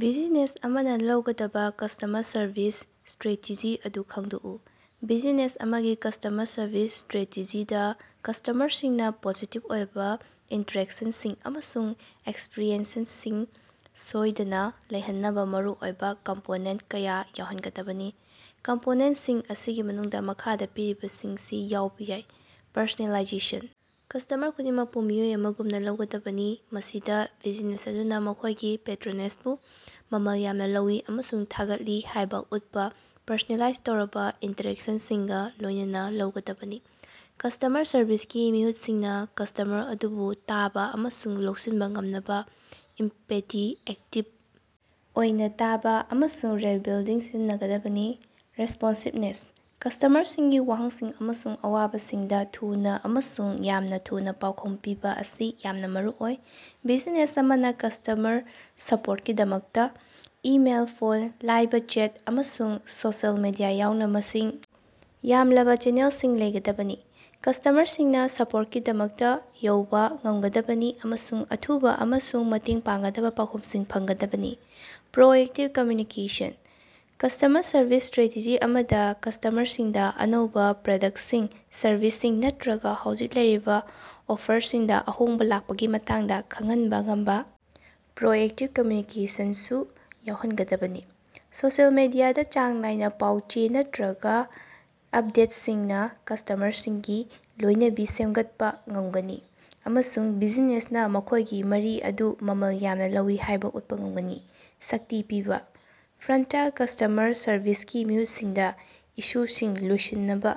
Business ꯑꯃꯅ ꯂꯧꯒꯗꯕ customer service strategy ꯑꯗꯨ ꯈꯪꯗꯣꯛꯎ꯫ ꯕꯤꯖꯤꯅꯦꯁ ꯑꯃꯒꯤ ꯀꯁ꯭ꯇꯃꯔ ꯁꯔꯚꯤꯁ ꯁ꯭ꯇꯔꯥꯇꯦꯖꯤꯗꯥ ꯀꯁ꯭ꯇꯃꯔꯁꯤꯡꯅꯥ ꯄꯣꯖꯤꯇꯤꯚ ꯑꯣꯏꯕꯥ ꯏꯟꯇꯔꯦꯛꯁꯟꯁꯤꯡ ꯑꯃꯁꯨꯡ ꯑꯦꯛꯁꯄꯤꯔꯤꯑꯦꯟꯁꯁꯤꯡ ꯁꯣꯏꯗꯅꯥ ꯂꯩꯍꯟꯅꯕꯥ ꯃꯔꯨꯑꯣꯏꯕꯥ ꯀꯝꯄꯣꯅꯦꯟꯇ ꯀꯌꯥ ꯌꯥꯎꯍꯟꯒꯗꯕꯅꯤ꯫ ꯀꯝꯄꯣꯅꯦꯟꯇꯁꯤꯡ ꯑꯁꯤꯒꯤ ꯃꯅꯨꯡꯗꯥ ꯃꯈꯥꯗꯥ ꯄꯤꯔꯤꯕꯁꯤꯡꯁꯤ ꯌꯥꯎꯕꯥ ꯌꯥꯏ: ꯄꯔꯁꯣꯅꯦꯂꯥꯏꯖꯦꯁꯟ: ꯀꯁ꯭ꯇꯃꯔ ꯈꯨꯗꯤꯡꯃꯛꯄꯨ ꯃꯤꯑꯣꯏ ꯑꯃꯒꯨꯝꯅꯥ ꯂꯧꯒꯗꯕꯅꯤ, ꯃꯁꯤꯗꯥ ꯕꯤꯖꯤꯅꯦꯁ ꯑꯗꯨꯅꯥ ꯃꯈꯣꯏꯒꯤ ꯄꯦꯇꯔꯣꯅꯦꯖꯕꯨ ꯃꯃꯜ ꯌꯥꯝꯅ ꯂꯧꯏ ꯑꯃꯁꯨꯡ ꯊꯥꯒꯠꯂꯤ ꯍꯥꯏꯕ ꯎꯠꯄꯥ ꯄꯔꯁꯣꯅꯦꯂꯥꯏꯖ ꯇꯧꯔꯕ ꯏꯟꯇꯔꯦꯛꯁꯅꯁꯤꯡꯒꯥ ꯂꯣꯏꯅꯅ ꯂꯧꯒꯗꯕꯅꯤ꯫ ꯀꯁ꯭ꯇꯃꯔ ꯁꯔꯚꯤꯁꯀꯤ ꯃꯤꯍꯨꯠꯁꯤꯡꯅꯥ ꯀꯁ꯭ꯇꯃꯔ ꯑꯗꯨꯕꯨ ꯇꯥꯕꯥ ꯑꯃꯁꯨꯡ ꯂꯧꯁꯤꯟꯕꯥ ꯉꯝꯅꯕꯥ ꯏꯝꯄꯥꯇꯤ, ꯑꯦꯛꯇꯤꯕ ꯑꯣꯏꯅꯥ ꯇꯥꯕꯥ, ꯑꯃꯁꯨꯡ ꯔꯦꯞ ꯕꯤꯜꯗꯤꯡ ꯁꯤꯖꯤꯟꯅꯒꯗꯕꯅꯤ꯫ ꯔꯦꯁꯄꯣꯟꯁꯤꯕꯅꯦꯁ: ꯀꯁ꯭ꯇꯃꯔꯁꯤꯡꯒꯤ ꯋꯥꯍꯪꯁꯤꯡ ꯑꯃꯁꯨꯡ ꯑꯋꯥꯕꯁꯤꯡꯗꯥ ꯊꯨꯅꯥ ꯑꯃꯁꯨꯡ ꯌꯥꯝꯅꯥ ꯊꯨꯅꯥ ꯄꯥꯎꯈꯨꯝ ꯄꯤꯕꯥ ꯑꯁꯤ ꯌꯥꯝꯅꯥ ꯃꯔꯨꯑꯣꯏ꯫ ꯕꯤꯖꯤꯅꯦꯁ ꯑꯃꯅꯥ ꯀꯁ꯭ꯇꯃꯔ ꯁꯄꯣꯔꯇꯀꯤꯗꯃꯛꯇꯥ ꯏꯃꯦꯜ, ꯐꯣꯟ, ꯂꯥꯏꯕ ꯆꯦꯠ, ꯑꯃꯁꯨꯡ ꯁꯣꯁꯤꯑꯦꯜ ꯃꯤꯗꯤꯌꯥ ꯌꯥꯎꯅ ꯃꯁꯤꯡ ꯌꯥꯝꯂꯕꯥ ꯆꯦꯅꯦꯜꯁꯤꯡ ꯂꯩꯒꯗꯕꯅꯤ꯫ ꯀꯁ꯭ꯇꯃꯔꯁꯤꯡꯅꯥ ꯁꯄꯣꯔꯇꯀꯤꯗꯃꯛꯇꯥ ꯌꯧꯕꯥ ꯉꯝꯒꯗꯕꯅꯤ ꯑꯃꯁꯨꯡ ꯑꯊꯨꯕꯥ ꯑꯃꯁꯨꯡ ꯃꯇꯦꯡ ꯄꯥꯡꯒꯗꯕꯥ ꯄꯥꯎꯈꯨꯝꯁꯤꯡ ꯐꯪꯒꯗꯕꯅꯤ꯫ Proactive communication: customer service strategy ꯑꯃꯗꯥ ꯀꯁ꯭ꯇꯃꯔꯁꯤꯡꯗꯥ ꯑꯅꯧꯕꯥ ꯄ꯭ꯔꯗꯛꯇꯁꯤꯡ, ꯁꯔꯚꯤꯁꯁꯤꯡ ꯅꯠꯇꯔꯒꯥ ꯍꯧꯖꯤꯛ ꯂꯩꯔꯤꯕꯥ ꯑꯣꯐꯔꯁꯤꯡꯗꯥ ꯑꯍꯣꯡꯕꯥ ꯂꯥꯛꯄꯒꯤ ꯃꯇꯥꯡꯗꯥ ꯈꯪꯍꯅꯕꯥ ꯉꯝꯕꯥ ꯄ꯭ꯔꯣꯑꯦꯛꯇꯤꯚ ꯀꯃꯨꯅꯤꯀꯦꯁꯟꯁꯨ ꯌꯥꯎꯍꯟꯒꯗꯕꯅꯤ꯫ ꯁꯣꯁꯤꯑꯦꯜ ꯃꯤꯗꯤꯌꯥꯗꯥ ꯆꯥꯡ ꯅꯥꯏꯅꯥ ꯄꯥꯎ-ꯆꯦ ꯅꯠꯇꯔꯒꯥ ꯑꯄꯗꯦꯠꯁꯤꯡꯅꯥ ꯀꯁ꯭ꯇꯃꯔꯁꯤꯡꯒꯤ ꯂꯣꯏꯅꯕꯤ ꯁꯦꯝꯒꯠꯄꯥ ꯉꯝꯒꯅꯤ ꯑꯃꯁꯨꯡ ꯕꯤꯖꯤꯅꯦꯁꯅꯥ ꯃꯈꯣꯏꯒꯤ ꯃꯔꯤ ꯑꯗꯨ ꯃꯃꯜ ꯌꯥꯝꯅꯥ ꯂꯧꯏ ꯍꯥꯏꯕꯥ ꯎꯠꯄꯥ ꯉꯝꯒꯅꯤ꯫ ꯁꯛꯇꯤ ꯄꯤꯕꯥ: ꯐ꯭ꯔꯟꯇꯂꯥꯏꯟ ꯀꯁ꯭ꯇꯃꯔ ꯁꯔꯕꯤꯁꯀꯤ ꯃꯤꯍꯨꯠꯁꯤꯡꯗꯥ ꯏꯁꯨꯁꯤꯡ ꯂꯣꯏꯁꯤꯟꯅꯕꯥ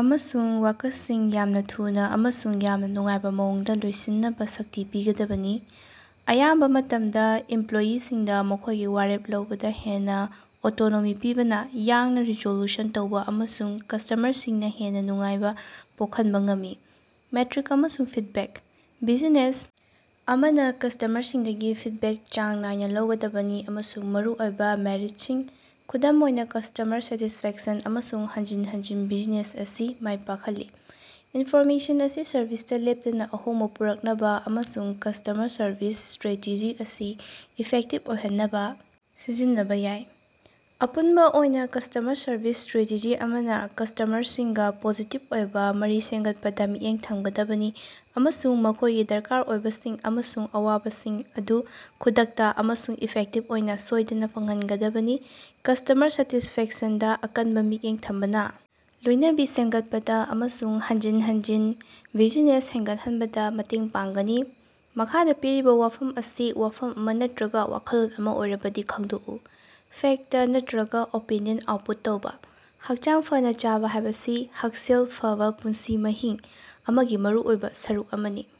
ꯑꯃꯁꯨꯡ ꯋꯥꯀꯠꯁꯤꯡ ꯌꯥꯝꯅꯥ ꯊꯨꯅꯥ ꯑꯃꯁꯨꯡ ꯌꯥꯝꯅꯥ ꯅꯨꯡꯉꯥꯏꯕꯥ ꯃꯑꯣꯡꯗꯥ ꯂꯣꯏꯁꯤꯟꯅꯕꯥ ꯁꯛꯇꯤ ꯄꯤꯒꯗꯕꯅꯤ꯫ ꯑꯌꯥꯝꯕꯥ ꯃꯇꯝꯗꯥ, ꯏꯝꯄꯂꯣꯌꯤꯁꯤꯡꯗꯥ ꯃꯈꯣꯏꯒꯤ ꯋꯥꯔꯦꯞ ꯂꯧꯕꯗꯥ ꯍꯦꯟꯅꯥ ꯑꯣꯇꯣꯅꯣꯃꯤ ꯄꯤꯕꯅꯥ ꯌꯥꯡꯅꯥ ꯔꯤꯖꯣꯜꯌꯨꯁꯟ ꯇꯧꯕꯥ ꯑꯃꯁꯨꯡ ꯀꯁ꯭ꯇꯃꯔꯁꯤꯡꯅꯥ ꯍꯦꯟꯅꯥ ꯅꯨꯡꯉꯥꯏꯕꯥ ꯄꯣꯀꯍꯅꯕꯥ ꯉꯝꯃꯤ꯫ ꯃꯦꯇꯔꯤꯛ ꯑꯃꯁꯨꯡ ꯐꯤꯗꯕꯦꯛ: ꯕꯤꯖꯤꯅꯦꯁ ꯑꯃꯅꯥ ꯀꯁ꯭ꯇꯃꯔꯁꯤꯡꯗꯒꯤ ꯐꯤꯗꯕꯦꯛ ꯆꯥꯡ ꯅꯥꯏꯅꯥ ꯂꯧꯒꯗꯕꯅꯤ ꯑꯃꯁꯨꯡ ꯃꯔꯨ ꯑꯣꯏꯕꯥ ꯃꯦꯠꯔꯤꯠꯁꯤꯡ, ꯈꯨꯗꯝ ꯑꯣꯏꯅꯥ ꯀꯁ꯭ꯇꯃꯔ ꯁꯦꯇꯤꯁꯐꯦꯛꯁꯟ ꯑꯃꯁꯨꯡ ꯍꯟꯖꯤꯟ ꯍꯟꯖꯤꯟ ꯕꯤꯖꯤꯅꯦꯁ ꯑꯁꯤ ꯃꯥꯄꯜꯅꯤ꯫ ꯏꯟꯐꯣꯔꯃꯦꯁꯟ ꯑꯁꯤ ꯁꯔꯚꯤꯁꯇꯥ ꯂꯦꯞꯇꯅꯥ ꯑꯍꯣꯡꯕꯥ ꯄꯨꯔꯛꯅꯕꯥ ꯑꯃꯁꯨꯡ ꯀꯁ꯭ꯇꯃꯔ ꯁꯔꯚꯤꯁ ꯁ꯭ꯇꯔꯥꯇꯦꯖꯤ ꯑꯁꯤ ꯏꯐꯦꯛꯇꯤꯚ ꯑꯣꯏꯍꯟꯅꯕꯥ ꯁꯤꯖꯤꯟꯅꯕꯥ ꯌꯥꯏ꯫ ꯑꯄꯨꯟꯕꯥ ꯑꯣꯏꯅꯥ, ꯀꯁ꯭ꯇꯃꯔ ꯁꯔꯚꯤꯁ ꯁ꯭ꯇꯔꯥꯇꯦꯖꯤ ꯑꯃꯅꯥ ꯀꯁ꯭ꯇꯃꯔꯁꯤꯡꯒꯥ ꯄꯣꯖꯤꯇꯤꯚ ꯑꯣꯏꯕꯥ ꯃꯔꯤ ꯁꯦꯝꯒꯠꯄꯗꯥ ꯃꯤꯠꯌꯦꯡ ꯊꯝꯒꯗꯕꯅꯤ ꯑꯃꯁꯨꯡ ꯃꯈꯣꯏꯒꯤ ꯗꯔꯀꯥꯔ ꯑꯣꯏꯕꯁꯤꯡ ꯑꯃꯁꯨꯡ ꯑꯋꯥꯕꯁꯤꯡ ꯑꯗꯨ ꯈꯨꯗꯛꯇꯥ ꯑꯃꯁꯨꯡ ꯏꯐꯦꯛꯇꯤꯚ ꯑꯣꯏꯅꯥ ꯁꯣꯏꯗꯅꯥ ꯐꯪꯍꯟꯒꯗꯕꯅꯤ꯫ ꯀꯁ꯭ꯇꯃꯔ ꯁꯦꯇꯤꯁꯐꯦꯛꯁꯟꯗꯥ ꯑꯀꯟꯕꯥ ꯃꯤꯠꯌꯦꯡ ꯊꯝꯕꯅꯥ ꯂꯣꯏꯅꯕꯤ ꯁꯦꯝꯒꯠꯄꯗꯥ ꯑꯃꯁꯨꯡ ꯍꯟꯖꯤꯟ ꯍꯟꯖꯤꯟ ꯕꯤꯖꯤꯅꯦꯁ ꯍꯦꯟꯒꯠꯍꯟꯕꯗꯥ ꯃꯇꯦꯡ ꯄꯥꯡꯒꯅꯤ꯫ ꯃꯈꯥꯗꯥ ꯄꯤꯔꯤꯕꯥ ꯋꯥꯐꯝ ꯑꯁꯤ ꯋꯥꯐꯝ ꯑꯃꯥ ꯅꯠꯇꯔꯒꯥ ꯋꯥꯈꯜꯂꯣꯟ ꯑꯃꯥ ꯑꯣꯏꯔꯕꯗꯤ ꯈꯪꯗꯣꯛꯎ꯫ "ꯐꯦꯛꯇ" ꯅꯠꯇꯔꯒꯥ "ꯑꯣꯄꯤꯅꯤꯌꯟ" ꯑꯥꯎꯠꯄꯨꯠ ꯇꯧꯕꯥ꯫ ꯍꯛꯆꯥꯡ ꯐꯅꯥ ꯆꯥꯕꯥ ꯍꯥꯏꯕꯁꯤ ꯍꯛꯁꯦꯜ ꯐꯕꯥ ꯄꯨꯟꯁꯤ ꯃꯍꯤꯡ ꯑꯃꯒꯤ ꯃꯔꯨꯑꯣꯏꯕꯥ ꯁꯔꯨꯛ ꯑꯃꯅꯤ꯫